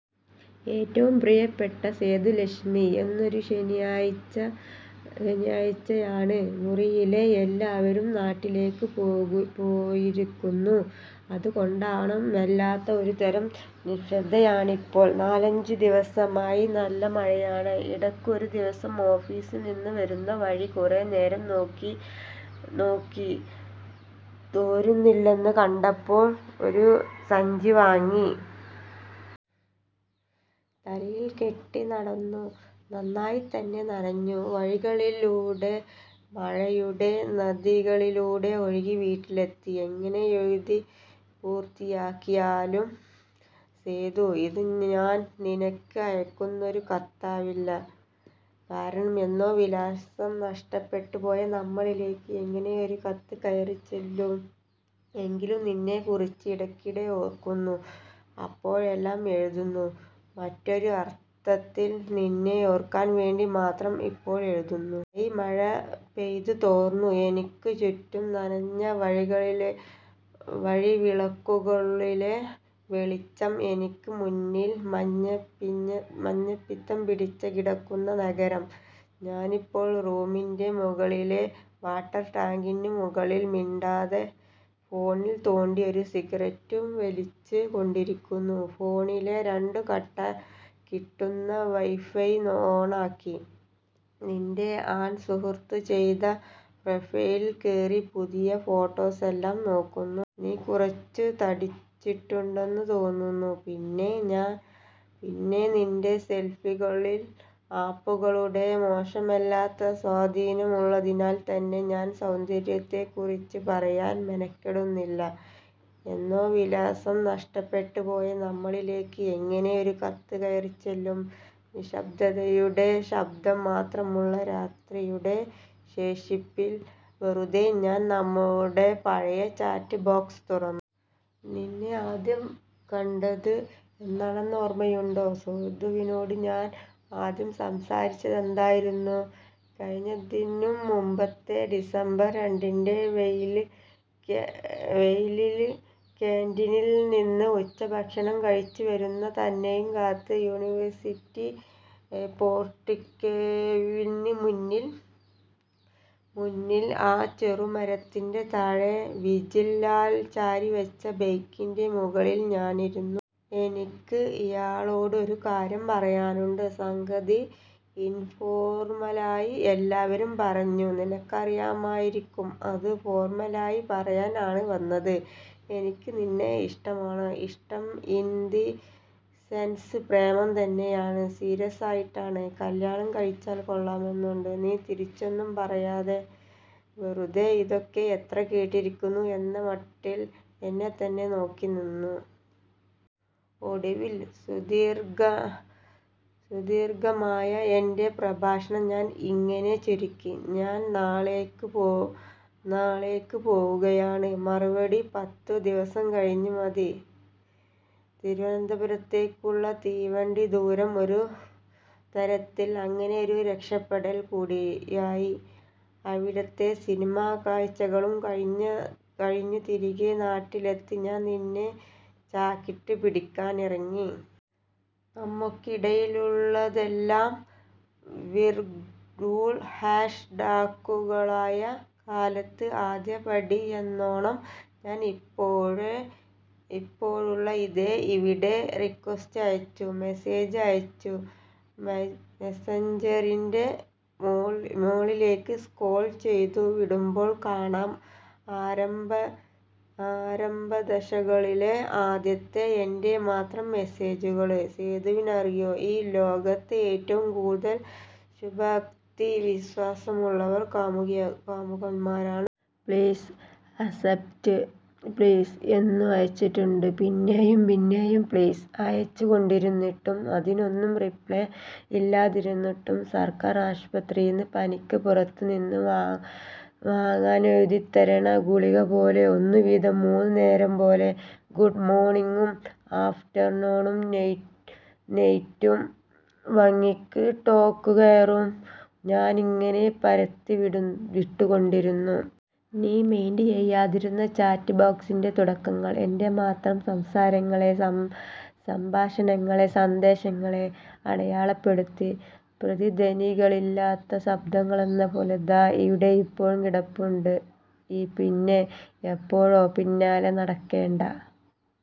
ഏറ്റവും പ്രിയപ്പെട്ട സേതുലക്ഷ്മി, ഇന്നൊരു ശനിയാഴ്ചയാണ്. മുറിയിലെ എല്ലാവരും നാട്ടിലേക്ക് പോയിരിക്കുന്നു. അതുകൊണ്ടാവണം വല്ലാത്ത ഒരുതരം നിശബ്ദതയാണിപ്പോൾ. നാലഞ്ചു ദിവസമായി നല്ല മഴയാണ്. ഇടയ്ക്ക് ഒരു ദിവസം ഓഫീസില്‍ നിന്ന് വരുന്ന വഴി കുറെ നേരം നോക്കി. തോരുന്നില്ലെന്നു കണ്ടപ്പോള്‍ ഒരു സഞ്ചി വാങ്ങി. തലയില്‍ കെട്ടി നടന്നു. നന്നായിത്തന്നെ നനഞ്ഞു. വഴികളിലൂടെ, മഴയുടെ നദികളിലൂടെ ഒഴുകി വീട്ടിലെത്തി. എങ്ങനെ എഴുതി പൂര്‍ത്തിയാക്കിയാലും സേതു. ഇത് ഞാന്‍ നിനക്ക് അയക്കുന്നൊരു കത്താവില്ല. കാരണം എന്നോ വിലാസം നഷ്ടപ്പെട്ട് പോയ നമ്മളിലേക്ക് എങ്ങനെ ഒരു കത്ത് കയറിച്ചെല്ലും? എങ്കിലും നിന്നെക്കുറിച്ചു ഇടയ്ക്കിടെ ഓര്‍ക്കുന്നു, അപ്പോഴെല്ലാം എഴുതുന്നു, മറ്റൊരുഅർത്തത്തിൽ നിന്നെ ഓര്‍ക്കാന്‍ വേണ്ടി മാത്രം ഇപ്പോള്‍ എഴുതുന്നു. മേയ് മഴ പെയ്ത് തോര്‍ന്ന് എനിക്ക് ചുറ്റും, നനഞ്ഞ വഴിവിളക്കുകളിലെ വെളിച്ചം. എനിക്ക് മുന്നില്‍ മഞ്ഞപ്പിത്തം പിടിച്ചു കിടക്കുന്ന നഗരം. ഞാനിപ്പോൾ റൂമിന്റെ മുകളിലെ വാട്ടര്‍ ടാങ്കിനും മുകളില്‍ മിണ്ടാതെ ഫോണില്‍ തോണ്ടി ഒരു സിഗരറ്റും വലിച്ചു കൊണ്ടിരിക്കുന്നു. ഫോണിലെ ' രണ്ടു കട്ട ' കിട്ടുന്ന വൈഫൈ ഓണാക്കി നിന്‍റെ ആൺ സുഹൃത്ത് ചെയ്ത പ്രൊഫൈലിൽ കേറി പുതിയ ഫോട്ടോസെല്ലാം നോക്കുന്നു. നീ കുറച്ചു തടിച്ചിട്ടുണ്ടെന്നു തോന്നുന്നു. പിന്നെ നിന്‍റെ സെൽഫികളിൽ ആപ്പുകളുടെ മോശമല്ലാത്ത സ്വാധീനമുള്ളതിനാൽ തന്നെ ഞാന്‍ സൗന്ദര്യത്തെക്കുറിച്ചു പറയാന്‍ മെനക്കെടുന്നില്ല. എന്നോ വിലാസം നഷ്ടപ്പെട്ട് പോയ നമ്മളിലേക്ക് എങ്ങനെ ഒരു കത്ത് കയറിച്ചെല്ലും? നിശ്ശബ്ദതയുടെ ശബ്ദം മാത്രമുള്ള രാത്രിയുടെ ശേഷിപ്പിൽ വെറുതെ ഞാന്‍ നമ്മുടെ പഴയ ചാറ്റ് ബോക്സ് തുറ. നിന്നെ ആദ്യം കണ്ടത് എന്നാണെന്നു ഓര്മ്മയുണ്ടോ? സേതുവിനോട് ഞാന്‍ ആദ്യം സംസാരിച്ചതെന്തായിരുന്നു? കഴിഞ്ഞതിനും മുമ്പത്തെ ഡിസംബര്‍ രണ്ടിന്‍റെ വെയിലില് കാന്‍റീനില്‍ നിന്നും ഉച്ചഭക്ഷണം കഴിച്ചു വരുന്ന തന്നെയും കാത്ത് യൂണിവേഴ്സിറ്റി പോർട്ടിക്കോവിന് മുന്നില്‍, ആ ചെറുമരത്തിനു താഴെ വിജിൽ ലാല്‍ ചാരി വെച്ച ബൈക്കിന്‍റെ മുകളില്‍ ഞാനിരുന്നു. ' എനിക്ക് ഇയാളോട് ഒരു കാര്യം പറയാനുണ്ട്. സംഗതി ഇൻഫോർമലായി എല്ലാവരും പറഞ്ഞു നിനക്കറിയാമായിരിക്കും. അത് ഫോർമലായ് പറയാന്‍ ആണ് വന്നത്. എനിക്ക് നിന്നെ ഇഷ്ടമാണ്. ഇഷ്ടം ഇന്‍ ദി സെന്‍സ് പ്രേമം തന്നെയാണ്. സീരിയസായിട്ടാണ്. കല്യാണം കഴിച്ചാല്‍ കൊള്ളാമെന്നുണ്ട് ' നീ തിരിച്ചൊന്നും പറയാതെ വെറുതേ ' ഇതൊക്കെ എത്ര കേട്ടിരിക്കുന്നു ' എന്ന മട്ടില്‍ എന്നെത്തന്നെ നോക്കി നിന്നു. ഒടുവില്‍ സുദീര്‍ഘമായ എന്‍റെ പ്രഭാഷണം ഞാന്‍ ഇങ്ങനെ ചുരുക്കി: ' ഞാന്‍ നാളെയ്ക്ക് പോവുകയാണ്. മറുപടി പത്തു ദിവസം കഴിഞ്ഞിട്ടു മതി ' തിരുവനന്തപുരത്തേക്കുള്ള തീവണ്ടിദൂരം ഒരു തരത്തില്‍ അങ്ങനെ ഒരു രക്ഷപ്പെടല്‍ കൂടിയായി. അവിടത്തെ സിനിമാ കാഴ്ചകളും കഴിഞ്ഞു തിരികെ നാട്ടിലെത്തി ഞാന്‍ നിന്നെ ചാക്കിട്ടു പിടിക്കാനിറങ്ങി. നമുക്കിടയിലുള്ളതെല്ലാം വീർട്യുൽ ഹാഷ് ടാഗുകളായ കാലത്ത്, ആദ്യപടിയെന്നോണം ഞാന്‍ ഇപ്പോഴുള്ള ഇതേ ഇവിടെ റിക്വസ്റ്റ് അയച്ചു, മെസ്സേജ് അയച്ചു, മെസ്സഞ്ചറിന്റെ മോളിലേക്ക് സ്ക്രോള്‍ ചെയ്തു വിടുമ്പോള്‍ കാണാം ആരംഭദശകങ്ങളിലെ ആദ്യത്തെ എന്‍റെ മാത്രം മെസ്സേജുകള്! സേതുവിനറിയോ ഈ ലോകത്തെ ഏറ്റവും കൂടുതല്‍ ശുഭാപ്തി വിശ്വാസമുള്ളവർ കാമുകികാമുകന്മാരാണ്. ' പ്ലീസ്, ആക്സപ്റ്റ് പ്ലീസ് 'എന്നു അയച്ചിട്ട്, പിന്നെയും പിന്നെയും ' പ്ലീസ് ' അയച്ചു കൊണ്ടിരുന്നിട്ടും അതിനൊന്നും റിപ്ലെ ഇല്ലാതിരുന്നിട്ടും സര്‍ക്കാര്‍ ആശുപത്രീന്ന് പനിക്ക് പുറത്തു നിന്ന് വാങ്ങനെഴുതിത്തരണ ഗുളിക പോലെ ' ഒന്നു വീതം മൂന്നുനേരം ' പോലെ ഗൂഡമോർണിങ്ങും, ആഫ്റ്റർനൂണും, നൈറ്റും ഭംഗിക്ക് ടേക്ക് കെയറും ഞാനിങ്ങനെ പറത്തി വിട്ടുകൊണ്ടിരുന്നു. നീ മൈന്ഡ് ചെയ്യാതിരുന്ന ചാറ്റ് ബോക്സിന്‍റെ തുടക്കങ്ങള്‍, എന്‍റെ മാത്രം സംസാരങ്ങളെ, സംഭാഷണങ്ങളെ, സന്ദേശങ്ങളെ അടയാളപ്പെടുത്തി പ്രതിധ്വനികളില്ലാത്ത ശബ്ദങ്ങളെന്ന പോലെ ദാ ഇവിടെയിപ്പോഴും കിടപ്പുണ്ട്. പിന്നെ എപ്പോഴോ ' പിന്നാലെ നടക്കേണ്ട.